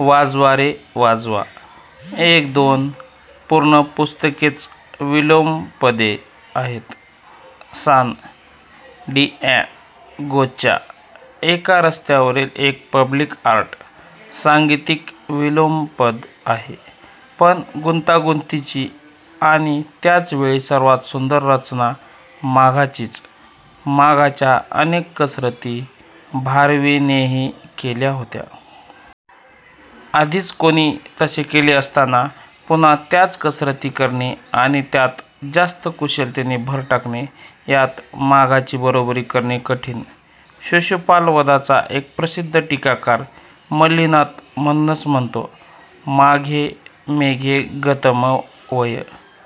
'वाजवा रे वाजवा'. एक-दोन पूर्ण पुस्तकेच विलोमपदे आहेत. सान डिॲगोच्या एका रस्त्यावरील एक पब्लिक आर्ट सांगीतिक विलोमपद आहे. पण गुंतागुंतीची आणि त्याच वेळी सर्वात सुंदर रचना माघाचीच. माघाच्या अनेक कसरती भारवीनेही केल्या होत्या. आधीच कोणी तसे केले असतांना पुन्हा त्याच कसरती करणे आणि त्यात जास्त कुशलतेने भर टाकणे यात माघाची बरोबरी करणे कठीण. शिशुपालवधाचा एक प्रसिद्ध टीकाकार मल्लीनाथ म्हणूनच म्हणतो: 'माघे मेघे गतम वय:।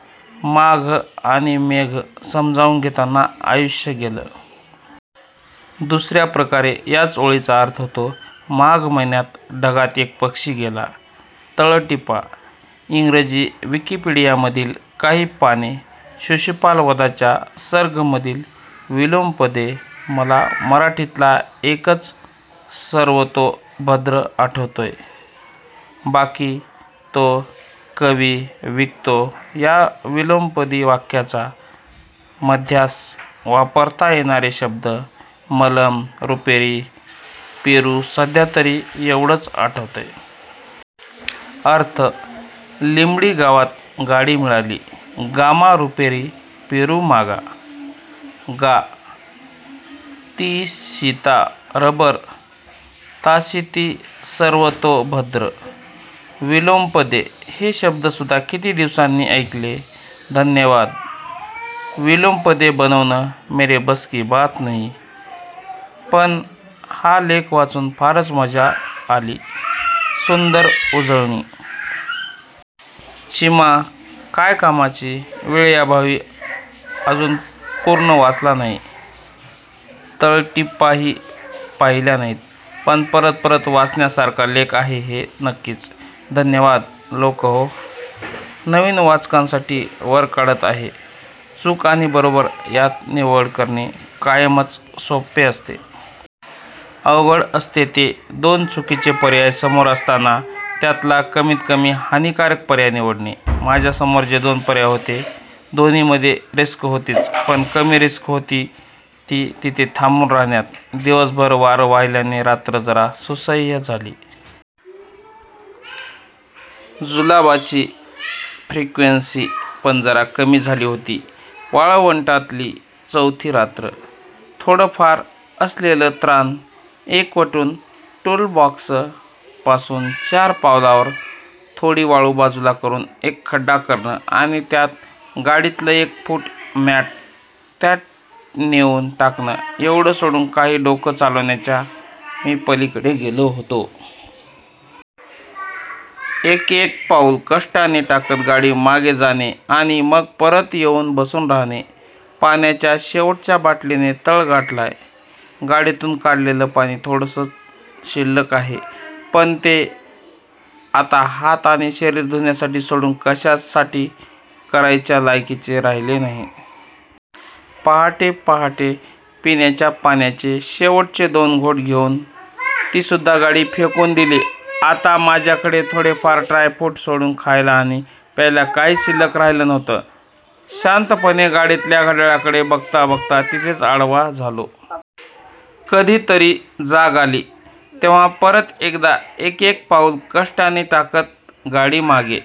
' 'माघ आणि मेघ समजावून घेतांना आयुष्य गेलं'. दूसऱ्या प्रकारे याच ओळीचा अर्थ होतो: 'माघ माहिन्यात ढगात एक पक्षि गेला'.. तळटीपा:इंग्रजी विकीपिडीयामधील काही पाने:शिशुपालवधाच्या सर्ग मधील विलोमपदे:मला मराठीतला एकंच सर्वतोभद्र आठवतोय:बाकी, 'तो कविविकतो' या विलोमपदी वाक्याच्या मध्यास वापरता येणारे शब्द: मलम, रुपेरी पेरुसध्यातरी एव्हढंच आठवतंय! अर्थ: लीमडी गावात गाडी मिळाली. गामा रुपेरी पेरु मागा:-गा. ती सिता रबर तासितीसर्वतोभद्र, विलोमपदे हे शब्दसुध्दा किती दिवसांनी ऐकले. धन्यवाद! विलोमपदे बनवण मेरे बस की बात नही.. पण हा लेख वाचून फारच मजा आलीसुन्दर उजळणी.! चिमा काय कामाची! वेळेअभावी अजुन पुर्ण वाचला नाही, तळटीपाही पाहिल्या नाहीत पण परत परत वाचण्यासारखा लेख आहे हे नक्कीच. धन्यवाद, लोकहो. नविन वाचकांसाठी वर काढत आहे चूक आणि बरोबर यात निवड करणे कायमच सोप्पे असते. अवघड असते ते दोन चुकीचे पर्याय समोर असताना त्यातला कमीत कमी हानिकारक पर्याय निवडणे. माझ्या समोर जे दोन पर्याय होते दोन्ही मध्ये रिस्क होतीच, पण कमी रिस्क होती ती तिथे थांबून राहण्यात. दिवसभर वारं वाह्यल्याने रात्र जरा सुसह्य झाली. जुलाबाची फ्रिक्वेन्सी पण जरा कमी झाली होती. वाळवंटातली चौथी रात्र! थोडं फार असलेलं त्राण एकवटून टूल बॉक्स पासून चार पावलावर थोडी वाळू बाजूला करून एक खड्डा करणं आणि त्यात गाडीतलं एक फूट मॅट त्यात नेऊन टाकणं एवढं सोडून काही डोकं चालवण्याच्या मी पलीकडे गेलो होतो.। एक एक पाऊल कष्टाने टाकत गाडी मागे जाणे आणि मग परत येऊन बसून राहणे. पाण्याच्या शेवटच्या बाटलीने तळ गाठलाय. गाडीतून काढलेलं पाणी थोडेसं शिल्लक आहे पण ते आता हात आणि शरीर धुण्यासाठी सोडून कशासाठी करायच्या लायकीचे राहिले नाही. पहाटे पहाटे पिण्याच्या पाण्याचे शेवटचे दोन घोट घेऊन ती सुद्धा गाडीत फेकून दिली. आता माझ्याकडे थोडे फार ड्राय फ्रुट सोडून खायला आणि प्यायला काहीच शिल्लक राहिलं नव्हतं. शांत पणे गाडीतल्या घड्याळाकडे बघता बघता तिथेच आडवा झालो. कधी तरी जाग आली तेव्हा परत एकदा एक एक पाऊल कष्टाने टाकत गाडीमागे